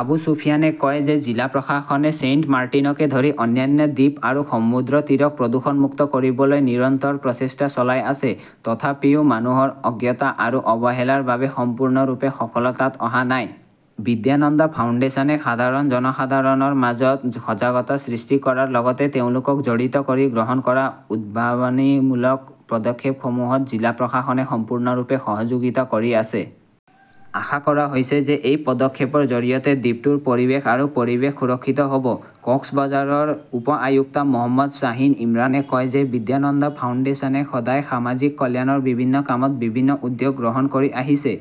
আবু ছুফিয়ানে কয় যে জিলা প্ৰশাসনে ছেইণ্টমাৰ্টিনকে ধৰি অন্যান্য দ্বীপ আৰু সমুদ্ৰতীৰক প্ৰদূষণমুক্ত কৰি ৰাখিবলৈ নিৰন্তৰ প্ৰচেষ্টা চলাই আছে। তথাপিও মানুহৰ অজ্ঞতা আৰু অৱহেলাৰ বাবে সম্পূৰ্ণৰূপে সফলতাত অহা নাই। বিদ্যানন্দ ফাউণ্ডেচনে সাধাৰণ জনসাধাৰণৰ মাজত সজাগতা সৃষ্টি কৰাৰ লগতে তেওঁলোকক জড়িত কৰি গ্ৰহণ কৰা উদ্ভাৱনীমূলক পদক্ষেপসমূহত জিলা প্ৰশাসনে সম্পূৰ্ণৰূপে সহযোগিতা কৰি আছে। আশা কৰা হৈছে যে এই পদক্ষেপৰ জৰিয়তে দ্বীপটোৰ পৰিৱেশ আৰু পৰিৱেশ সুৰক্ষিত হ'ব। কক্সবজাৰৰ উপ-আয়ুক্ত মহম্মদ শ্বাহিন ইমৰানে কয় যে বিদ্যানন্দ ফাউণ্ডেচনে সদায় সামাজিক কল্যাণৰ বিভিন্ন কামত বিভিন্ন উদ্যোগ গ্ৰহণ কৰি আহিছে।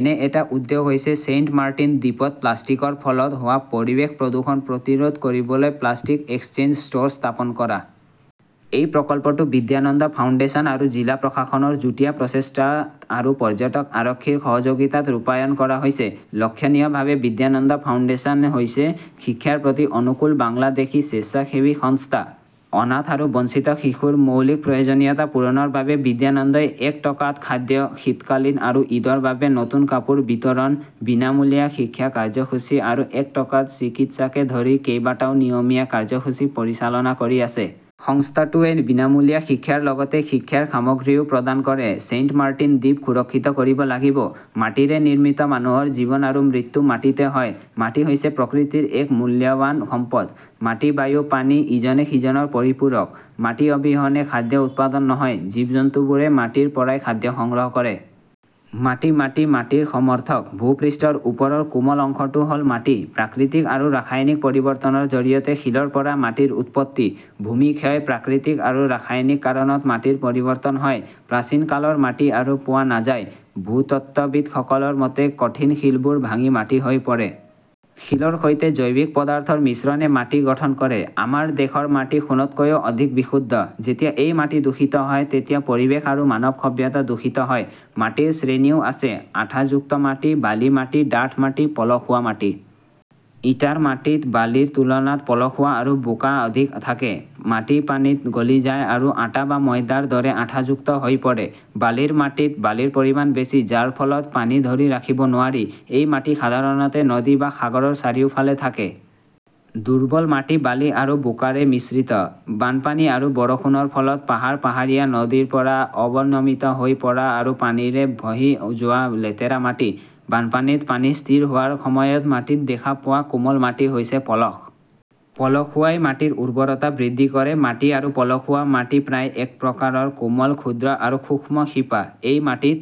এনে এটা উদ্যোগ হৈছে ছেইণ্টমাৰ্টিন দ্বীপত প্লাষ্টিকৰ ফলত হোৱা পৰিৱেশ প্ৰদূষণ প্ৰতিৰোধ কৰিবলৈ "প্লাষ্টিক এক্সচেঞ্জ ষ্ট'ৰ" স্থাপন কৰা। এই প্ৰকল্পটো বিদ্যানন্দ ফাউণ্ডেশ্যন আৰু জিলা প্ৰশাসনৰ যুটীয়া প্ৰচেষ্টাত আৰু পৰ্যটক আৰক্ষীৰ সহযোগিতাত ৰূপায়ণ কৰা হৈছে। লক্ষণীয়ভাৱে, বিদ্যানন্দ ফাউণ্ডেশ্যন হৈছে শিক্ষাৰ প্ৰতি অনুকূল বাংলাদেশী স্বেচ্ছাসেৱী সংস্থা। অনাথ আৰু বঞ্চিত শিশুৰ মৌলিক প্ৰয়োজনীয়তা পূৰণৰ বাবে বিদ্যানন্দই এক টকাত খাদ্য, শীতকালীন আৰু ঈদৰ বাবে নতুন কাপোৰ বিতৰণ, বিনামূলীয়া শিক্ষা কাৰ্যসূচী আৰু এক টকাত চিকিৎসাকে ধৰি কেইবাটাও নিয়মীয়া কাৰ্যসূচী পৰিচালনা কৰি আছে। সংস্থাটোৱে বিনামূলীয়া শিক্ষাৰ লগতে শিক্ষাৰ সামগ্ৰীও প্ৰদান কৰে। ছেইণ্টমাৰ্টিন দ্বীপ সুৰক্ষিত কৰিব লাগিব। মাটিৰে নিৰ্মিত মানুহৰ জীৱন আৰু মৃত্যু মাটিতে হয়। মাটি হৈছে প্ৰকৃতিৰ এক মূল্যৱান সম্পদ। মাটি-বায়ু-পানী ইজনে সিজনৰ পৰিপূৰক। মাটি অবিহনে খাদ্য উৎপাদন নহয়, জীৱ-জন্তুবোৰে মাটিৰ পৰাই খাদ্য সংগ্ৰহ কৰে। মাটি-মাটি-মাটিৰ সমাৰ্থক। ভূ-পৃষ্ঠৰ ওপৰৰ কোমল অংশটো হ'ল মাটি । প্ৰাকৃতিক আৰু ৰাসায়নিক পৰিৱৰ্তনৰ জৰিয়তে শিলৰ পৰা মাটিৰ উৎপত্তি। ভূমি ক্ষয়, প্ৰাকৃতিক আৰু ৰাসায়নিক কাৰণত মাটিৰ পৰিৱৰ্তন হয়। প্ৰাচীনকালৰ মাটি আৰু পোৱা নাযায়। ভূতত্ত্ববিদসকলৰ মতে, কঠিন শিলবোৰ ভাঙি মাটি হৈ পৰে। শিলৰ সৈতে জৈৱিক পদাৰ্থৰ মিশ্ৰণে মাটি গঠন কৰে। আমাৰ দেশৰ মাটি "সোণতকৈ অধিক বিশুদ্ধ "। যেতিয়া এই মাটি দূষিত হয় তেতিয়া পৰিৱেশ আৰু মানৱ সভ্যতা দূষিত হয়। মাটিৰ শ্ৰেণীও আছে। আঠাযুক্ত মাটি, বালি মাটি, ডাঠ মাটি, পলসুৱা মাটি। ইটাৰ মাটিত বালিৰ তুলনাত পলসুৱা আৰু বোকা অধিক থাকে। মাটি পানীত গলি যায় আৰু আটা বা ময়দাৰ দৰে আঠাযুক্ত হৈ পৰে। বালিৰ মাটিত বালিৰ পৰিমাণ বেছি, যাৰ ফলত পানী ধৰি ৰাখিব নোৱাৰি। এই মাটি সাধাৰণতে নদী বা সাগৰৰ চাৰিওফালে থাকে। দুৰ্বল মাটি বালি আৰু বোকাৰে মিশ্ৰিত। বানপানী আৰু বৰষুণৰ ফলত পাহাৰ ,পাহাৰীয়া নদীৰ পাৰ অৱনমিত হৈ পৰা আৰু পানীৰে ভাহি যোৱা লেতেৰা মাটি। বানপানীত পানী স্থিৰ হোৱাৰ সময়ত মাটিত দেখা পোৱা কোমল মাটি হৈছে পলস। পলসুৱাই মাটিৰ উৰ্বৰতা বৃদ্ধি কৰে। মাটি আৰু পলসুৱা মাটি প্ৰায় এক প্ৰকাৰৰ কোমল, ক্ষুদ্ৰ আৰু সূক্ষ্ম শিপা। এই মাটিত